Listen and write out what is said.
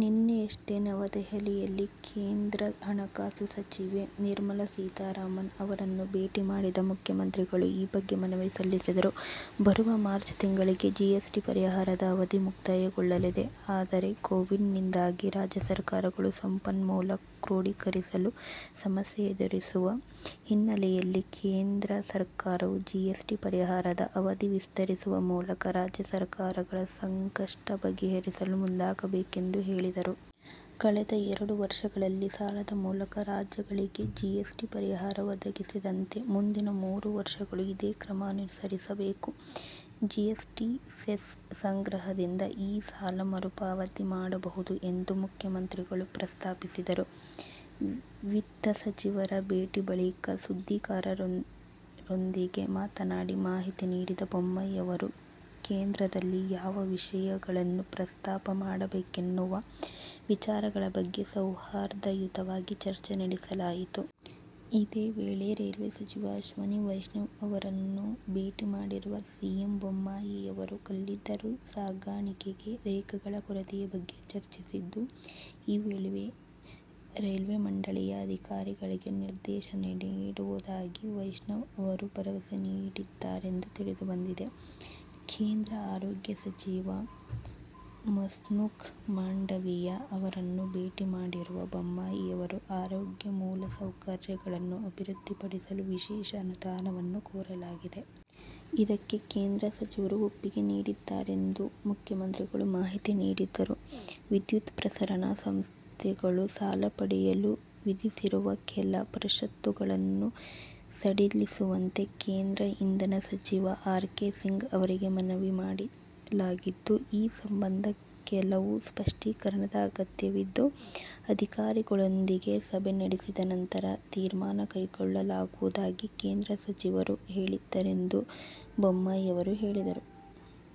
ನಿನ್ನೆಯಷ್ಟೇ ನವದೆಹಲಿಯಲ್ಲಿ ಕೇಂದ್ರ ಹಣಕಾಸು ಸಚಿವೆ ನಿರ್ಮಲಾ ಸೀತಾರಾಮನ್ ಅವರನ್ನು ಭೇಟಿ ಮಾಡಿದ ಮುಖ್ಯಮಂತ್ರಿಗಳು ಈ ಬಗ್ಗೆ ಮನವಿ ಸಲ್ಲಿಸಿದರು. ಬರುವ ಮಾರ್ಚ್ ತಿಂಗಳಿಗೆ ಜಿಎಸ್'ಟಿ ಪರಿಹಾರದ ಅವಧಿ ಮುಕ್ತಾಯಗೊಳ್ಳಲಿದೆ. ಆದರೆ, ಕೋವಿಡ್ ನಿಂದಾಗಿ ರಾಜ್ಯ ಸರ್ಕಾರಗಳು ಸಂಪನ್ಮೂಲ ಕ್ರೋಢಿಕರಿಸಲು ಸಮಸ್ಯೆ ಎದುರಿಸುತ್ತಿರುವ ಹಿನ್ನೆಲೆಯಲ್ಲಿ ಕೇಂದ್ರ ಸರ್ಕಾರವು ಜಿಎಸ್'ಟಿ ಪರಿಹಾರದ ಅವಧಿ ವಿಸ್ತರಿಸುವ ಮೂಲಕ ರಾಜ್ಯ ಸರ್ಕಾರಗಳ ಸಂಕಷ್ಟ ಬಗೆಹರಿಸಲು ಮುಂದಾಗಬೇಕು ಎಂದು ಹೇಳಿದರು. ಕಳೆದ ಎರಡು ವರ್ಷಗಳಲ್ಲಿ ಸಾಲದ ಮೂಲಕ ರಾಜ್ಯಗಳಿಗೆ ಜಿಎಸ್'ಟಿ ಪರಿಹಾರ ಒದಗಿಸಿದಂತೆ ಮುಂದಿನ ಮೂರು ವರ್ಷಗಳೂ ಇದೇ ಕ್ರಮ ಅನುಸರಿಸಬೇಕು. ಜಿಎಸ್'ಟಿ ಸೆಸ್ ಸಂಗ್ರಹದಿಂದ ಈ ಸಾಲ ಮರುಪಾವತಿ ಮಾಡಬಹುದು ಎಂದು ಮುಖ್ಯಮಂತ್ರಿಗಳು ಪ್ರಸ್ತಾಪಿಸಿದರು. ವಿತ್ತ ಸಚಿವರ ಭೇಟಿ ಬಳಿಕ ಸುದ್ದಿಗಾರರೊಂದಿಗೆ ಮಾತನಾಡಿ ಮಾಹಿತಿ ನೀಡಿದ ಬೊಮ್ಮಾಯಿಯವರು, ಕೇಂದ್ರದಲ್ಲಿ ಯಾವ ವಿಷಯಗಳನ್ನು ಪ್ರಸ್ತಾಾಪ ಮಾಡಬೇಕೆನ್ನುವ ವಿಚಾರಗಳ ಬಗ್ಗೆ ಸೌಹಾರ್ದಯುತವಾಗಿ ಚರ್ಚೆ ನಡೆಸಲಾಯಿತು. ಇದೇ ವೇಳೆ ರೈಲ್ವೇ ಸಚಿವ ಅಶ್ವನಿ ವೈಷ್ಣವ್ ಅವರನ್ನೂ ಭೇಟಿ ಮಾಡಿರುವ ಸಿಎಂ ಬೊಮ್ಮಾಯಿಯವರು, ಕಲ್ಲಿದ್ದಲು ಸಾಗಾಣಿಕೆಗೆ ರೇಕ್ಗಳ ಕೊರತೆಯ ಬಗ್ಗೆ ಚರ್ಚಿಸಿದ್ದು, ಈ ವೇಳೆ ರೈಲ್ವೆ ಮಂಡಳಿಯ ಅಧಿಕಾರಿಗಳಿಗೆ ನಿರ್ದೇಶನ ನೀಡುವುದಾಗಿ ವೈಷ್ಣವ್ ಅವರು ಭರವಸೆ ನೀಡಿದ್ದಾರೆಂದು ತಿಳಿದುಬಂದಿದೆ. ಕೇಂದ್ರ ಆರೋಗ್ಯ ಸಚಿವ ಮನ್ಸುಖ್ ಮಾಂಡವಿಯಾ ಅವರನ್ನೂ ಭೇಟಿ ಮಾಡಿರುವ ಬೊಮ್ಮಾಯಿಯವರು, "ಆರೋಗ್ಯ ಮೂಲಸೌಕರ್ಯಗಳನ್ನು ಅಭಿವೃದ್ಧಿಪಡಿಸಲು ವಿಶೇಷ ಅನುದಾನವನ್ನು ಕೋರಲಾಗಿದೆ. ಇದಕ್ಕೆ ಕೇಂದ್ರ ಸಚಿವರು ಒಪ್ಪಿಗೆ ನೀಡಿದ್ದಾರೆಂದು ಮುಖ್ಯಮಂತ್ರಿಗಳು ಮಾಹಿತಿ ನೀಡಿದರು. ವಿದ್ಯುತ್ ಪ್ರಸರಣಾ ಸಂಸ್ಥೆಗಳು ಸಾಲ ಪಡೆಯಲು ವಿಧಿಸಿರುವ ಕೆಲ ಷರತ್ತುಗಳನ್ನು ಸಡಿಲಿಸುವಂತೆ ಕೇಂದ್ರ ಇಂಧನ ಸಚಿವ ಆರ್. ಕೆ. ಸಿಂಗ್ ಅವರಿಗೆ ಮನವಿ ಮಾಡಲಾಗಿದ್ದು, ಈ ಸಂಬಂಧ ಕೆಲವು ಸ್ಪಷ್ಟೀಕರಣದ ಅಗತ್ಯವಿದ್ದು, ಅಧಿಕಾರಿಗಳೊಂದಿಗೆ ಸಭೆ ನಡೆಸಿದ ನಂತರ ತೀರ್ಮಾನ ಕೈಗೊಳ್ಳಲಾಗುವುದಾಗಿ ಕೇಂದ್ರ ಸಚಿವರು ಹೇಳಿದ್ದಾರೆಂದು ಬೊಮ್ಮಾಯಿಯವರು ಹೇಳಿದರು.